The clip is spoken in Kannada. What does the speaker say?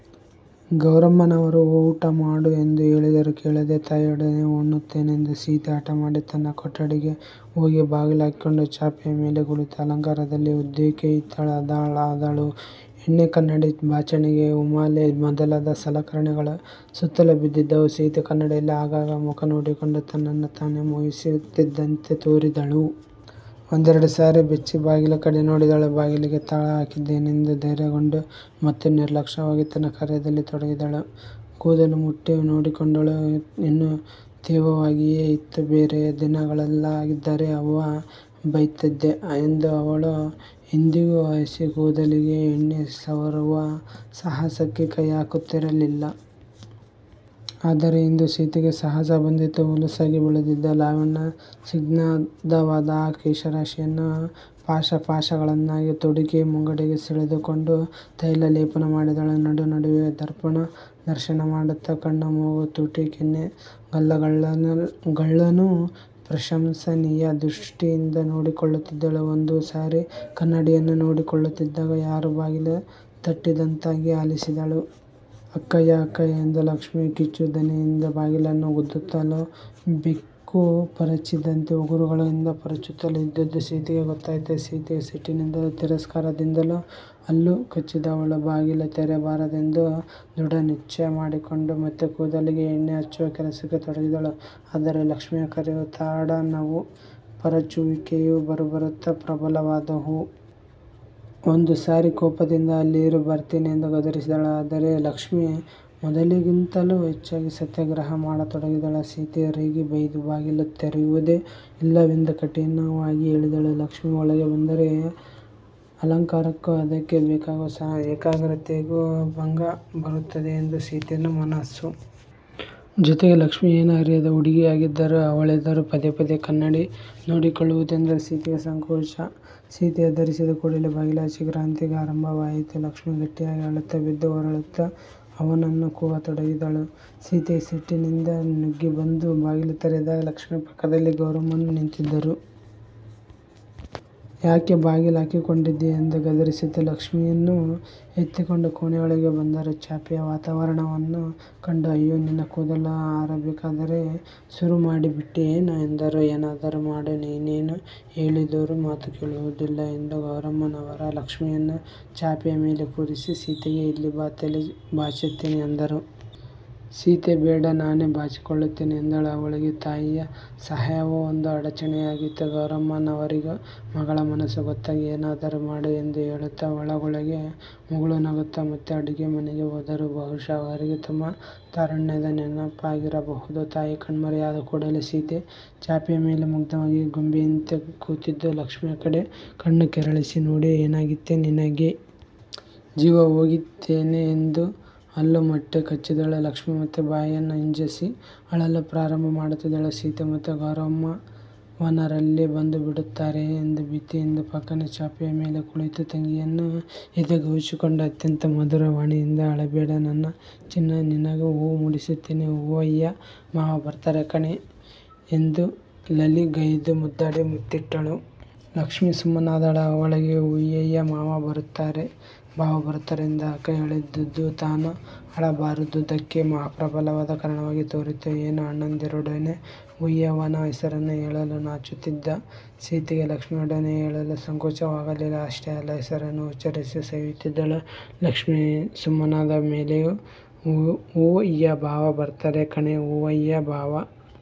ಗೌರಮ್ಮನವರು ಊಟಮಾಡು ಎಂದು ಹೇಳಿದರೂ ಕೇಳದೆ, ತಾಯಿಯೊಡನೆಯೇ ಉಣ್ಣುತ್ತೇನೆಂದು ಸೀತೆ ಹಟಮಾಡಿ, ತನ್ನ ಕೊಟಡಿಗೆ ಹೋಗಿ ಬಾಗಿಲು ಹಾಕಿಕೊಂಡು ಚಾಪೆಯ ಮೇಲೆ ಕುಳಿತು ಅಲಂಕಾರದಲ್ಲಿ ಉದ್ಯುಕ್ತೆಯಾದಳು. ಎಣ್ಣೆ, ಕನ್ನಡಿ, ಬಾಚಣಿಗೆ, ಹೂಮಾಲೆ ಮೊದಲಾದ ಸಲಕರಣೆಗಳು ಸುತ್ತಲೂ ಬಿದ್ದಿದ್ದುವು. ಸೀತೆ ಕನ್ನಡಿಯಲ್ಲಿ ಆಗಾಗ ಮುಖ ನೋಡಿಕೊಂಡು ತನ್ನನ್ನು ತಾನೆ ಮೋಹಿಸುತ್ತಿದ್ದಂತೆ ತೋರಿದಳು. ಒಂದೆರಡು ಸಾರಿ ಬೆಚ್ಚಿ ಬಾಗಿಲ ಕಡೆ ನೋಡಿದಳು. ಬಾಗಿಲಿಗೆ ತಾಳ ಹಾಕಿದ್ದೇನೆಂದು ಧೈರ್ಯಗೊಂಡು ಮತ್ತೆ ನಿರ್ಲಕ್ಷವಾಗಿ ತನ್ನ ಕಾರ್ಯದಲ್ಲಿ ತೊಡಗಿದಳು. ಕೂದಲು ಮುಟ್ಟಿ ನೋಡಿಕೊಂಡಳು. ಇನ್ನೂ ತೇವವಾಗಿಯೆ ಇತ್ತು. ಬೇರೆಯ ದಿನಗಳಲ್ಲಾಗಿದ್ದರೆ" ಅವ್ವ ಬಯ್ತದೆ" ಎಂದು ಅವಳು ಎಂದಿಗೂ ಹಸಿ ಕೂದಲಿಗೆ ಎಣ್ಣೆ ಸವರುವ ಸಾಹಸಕ್ಕೆ ಕೈಹಾಕುತ್ತಿರಲಿಲ್ಲ. ಆದರೆ ಇಂದು ಸೀತೆಗೆ ಸಾಹಸ ಬಂದಿತ್ತು. ಹುಲುಸಾಗಿ ಬೆಳೆದಿದ್ದ ಲಾವಣ್ಯಸ್ನಿಗ್ದವಾದ ಆ ಕೇಶರಾಶಿಯನ್ನು ಪಾಶಪಾಶಗಳನ್ನಾಗಿ ತುಡುಕಿ, ಮುಂಗಡೆಗೆ ಸೆಳೆದುಕೊಂಡು, ತೈಲ ಲೇಪನ ಮಾಡಿದಳು. ನಡುನಡುವೆ ದರ್ಪಣ ದರ್ಶನಮಾಡುತ್ತ, ಕಣ್ಣು ಮೂಗು ತುಟಿ ಕೆನ್ನೆ ಗಲ್ಲಗಳನ್ನೂ ಪ್ರಶಂಸನೀಯ ದೃಷ್ಟಿಯಿಂದ ನೋಡಿಕೊಳ್ಳುತ್ತಿದ್ದಳು. ಒಂದು ಸಾರಿ ಕನ್ನಡಿಯನ್ನು ನೋಡಿಕೊಳ್ಳುತ್ತಿದ್ದಾಗ ಯಾರೂ ಬಾಗಿಲು ತಟ್ಟಿದಂತಾಗಿ ಆಲಿಸಿದಳು. "ಅಕ್ಕಯ್ಯಾ ಅಕ್ಕಯ್ಯಾ " ಎಂದು ಲಕ್ಷ್ಮಿ ಕೀಚುದನಿಯಿಂದ ಬಾಗಿಲನ್ನು ಗುದ್ದುತ್ತಲೂ ಬೆಕ್ಕು ಪರಚಿದಂತೆ ಉಗುರುಗಳಿಂದ ಪರಚುತ್ತಲೂ ಇದ್ದುದು ಸೀತೆಗೆ ಗೊತ್ತಾಯಿತು. ಸೀತೆ ಸಿಟ್ಟಿನಿಂದಲೂ ತಿರಸ್ಕಾರದಿಂದಲೂ ಹಲ್ಲು ಕಚ್ಚಿದವಳು ಬಾಗಿಲು ತೆರೆಯಬಾರದೆಂದು ದೃಢನಿಶ್ಚಯ ಮಾಡಿಕೊಂಡು ಮತ್ತೆ ಕೂದಲಿಗೆ ಎಣ್ಣೆ ಹಚ್ಚುವ ಕೆಲಸಕ್ಕೆ ತೊಡಗಿದಳು. ಆದರೆ ಲಕ್ಷ್ಮಿಯ ಕರೆಯೂ ತಾಡನವೂ ಪರಚುವಿಕೆಯೂ ಬರಬರುತ್ತ ಪ್ರಬಲವಾದುವು. ಒಂದು ಸಾರಿ ಕೋಪದಿಂದ " ಅಲ್ಲಿರೇ ಬರ್ತೀನಿ! " ಎಂದು ಗದರಿಸಿದಳು. ಆದರೆ ಲಕ್ಷ್ಮಿ ಮೊದಲಿಗಿಂತಲೂ ಹೆಚ್ಚಾಗಿ "ಸತ್ಯಾಗ್ರಹ" ಮಾಡತೊಡಗಿದಳು. ಸೀತೆ ರೇಗಿ, ಬೈದು, ಬಾಗಿಲು ತೆರೆಯುವುದೇ ಇಲ್ಲವೆಂದು ಕಠಿನವಾಗಿ ಹೇಳಿದಳು. ಲಕ್ಷ್ಮಿ ಒಳಗೆ ಬಂದರೆ ಅಲಂಕಾರಕ್ಕೂ ಅದಕ್ಕೆ ಬೇಕಾಗುವ ಏಕಾಗ್ರತೆಗೂ ಭಂಗಬರುತ್ತದೆ ಎಂದು ಸೀತೆಯ ಮನಸ್ಸು. ಜೊತೆಗೆ ಲಕ್ಷ್ಮಿ ಏನೂ ಅರಿಯದ ಹುಡುಗಿಯಾಗಿದ್ದರೂ ಅವಳೆದುರು ಪದೇಪದೇ ಕನ್ನಡಿ ನೋಡಿಕೊಳ್ಳುವುದೆಂದರೆ ಸೀತೆಗೆ ಸಂಕೋಚ. ಸೀತೆ ಹೆದರಿಸಿದ ಕೂಡಲೆ ಬಾಗಿಲಾಚೆ ಕ್ರಾಂತಿಗಾರಂಭವಾಯಿತು. ಲಕ್ಷ್ಮಿ ಗಟ್ಟಿಯಾಗಿ ಅಳುತ್ತ ಬಿದ್ದು ಹೊರಳುತ್ತ ಅವ್ವನನ್ನು ಕೂಗತೊಡಗಿದಳು. ಸೀತೆ ಸಿಟ್ಟಿನಿಂದ ನುಗ್ಗಿ ಬಂದು ಬಾಗಿಲು ತೆರೆದಾಗ ಲಕ್ಷ್ಮಿ ಪಕ್ಕದಲ್ಲಿ ಗೌರಮ್ಮನೂ ನಿಂತಿದ್ದರು. ಯಾಕೆ ಬಾಗಿಲು ಹಾಕ್ಕೊಂಡಿದ್ದೀಯಾ? ಎಂದು ಗದರಿಸುತ್ತ ಲಕ್ಷ್ಮಿಯನ್ನು ಎತ್ತಿಕೊಂಡು ಕೋಣೆಯೊಳಗೆ ಬಂದರು. ಚಾಪೆಯ ವಾತಾವರಣವನ್ನು ಕಂಡು" ಅಯ್ಯೋ ನಿನ್ನ ಕೂದಲು ಆರಬೇಕಾದರೆ ಸುರುಮಾಡಿಬಿಟ್ಟಿಯೇನೇ" ಎಂದರು. "ಏನಾದರೂ ಮಾಡು ನೀನೇನು ಹೇಳಿದೋರು ಮಾತು ಕೇಳೋದಿಲ್ಲ"ಎಂದು ಗೌರಮ್ಮನವರು ಲಕ್ಷ್ಮಿಯನ್ನು ಚಾಪೆಯ ಮೇಲೆ ಕೂರಿಸಿ ಸೀತೆಗೆ" ಇಲ್ಲಿ ಬಾ ತಲೆ ಬಾಚ್ತೀನಿ" ಎಂದರು. ಸೀತೆ ಬೇಡ, ನಾನೇ ಬಾಚಿಕೊಳ್ತೀನಿ ಎಂದಳು. ಅವಳಿಗೆ ತಾಯಿಯ ಸಹಾಯವೂ ಒಂದು ಅಡಚಣೆಯಾಗಿತ್ತು. ಗೌರಮ್ಮನವರಿಗೂ ಮಗಳ ಮನಸ್ಸು ಗೊತ್ತಾಗಿ ಏನಾದರೂ ಮಾಡು ಎಂದು ಹೇಳುತ್ತ ಒಳಗೊಳಗೆ ಮುಗುಳು ನಗುತ್ತ, ಮತ್ತೆ ಅಡುಗೆಮನೆಗೆ ಹೋದರು. ಬಹುಶಃ ಅವರಿಗೆ ತಮ್ಮ ತಾರುಣ್ಯದ ನೆನಪಾಗಿರಬಹುದು. ತಾಯಿ ಕಣ್ಮರೆಯಾದ ಕೂಡಲೆ ಸೀತೆ, ಚಾಪೆಯ ಮೇಲೆ ಮುಗ್ಧವಾಗಿ ಗೊಂಬೆಯಂತೆ ಕೂತಿದ್ದ ಲಕ್ಷ್ಮಿಯ ಕಡೆ ಕಣ್ಣು ಕೆರಳಿಸಿ ನೋಡಿ ಏನಾಗಿತ್ತೇ ನಿನಗೆ? ಜೀವಹೋಗ್ತಿತ್ತೇನೆ ಎಂದು ಹಲ್ಲು ಮಟ್ಟೆ ಕಚ್ಚಿದಳು. ಲಕ್ಷ್ಮಿ ಮತ್ತೆ ಬಾಯನ್ನು ಹಿಂಜಸಿ ಅಳಲು ಪ್ರಾರಂಭಮಾಡುತ್ತಿದ್ದಳು. ಸೀತೆ ಮತ್ತೆ ಗೌರಮ್ಮವನರಲ್ಲಿ ಬಂದುಬಿಡುತ್ತಾರೆಯೊ ಎಂಬ ಭೀತಿಯಿಂದ, ಪಕ್ಕನೆ ಚಾಪೆಯ ಮೇಲೆ ಕುಳಿತು ತಂಗಿಯನ್ನು ಎದೆಗವುಚಿಕೊಂಡು, ಅತ್ಯಂತ ಮಧುರವಾಣಿಯಿಂದ " ಅಳಬೇಡೇ ನನ್ನ ಚಿನ್ನಾ ನಿನಗೂ ಹೂ ಮುಡಿಸ್ತೀನಿ ಹೂವಯ್ಯ ಬಾವ ಬರ್ತಾರೆ ಕಣೇ " ಎಂದು ಲಲ್ಲೆಗೈದು ಮುದ್ದಾಡಿ ಮುತ್ತಿಟ್ಟಳು. ಲಕ್ಷ್ಮಿ ಸುಮ್ಮನಾದಳು. ಅವಳಿಗೆ "ಹೂವಯ್ಯ ಬಾವ ಬರುತ್ತಾರೆ" ಎಂದು ಅಕ್ಕ ಹೇಳಿದುದು ತಾನು ಅಳಬಾರದುದಕ್ಕೆ ಮಹಾಪ್ರಬಲವಾದ ಕಾರಣವಾಗಿ ತೋರಿತೋ ಏನೋ ಅಣ್ಣಂದಿರೊಡನೆ ಹೂವಯ್ಯನ ಹೆಸರನ್ನು ಹೇಳಲು ನಾಚುತ್ತಿದ್ದ ಸೀತೆಗೆ ಲಕ್ಷ್ಮಿಯೊಡನೆ ಹೇಳಲು ಸಂಕೋಚವಾಗಲಿಲ್ಲ. ಅಷ್ಟೇ ಅಲ್ಲ. ಹೆಸರನ್ನು ಉಚ್ಚರಿಸಿ ಸವಿಯುತ್ತಿದ್ದಳು. ಲಕ್ಷ್ಮಿ ಸುಮ್ಮನಾದ ಮೇಲೆಯೂ "ಹೂವಯ್ಯಬಾವ ಬರ್ತಾರೆ ಕಣೇ ಹೂವಯ್ಯ ಬಾವ,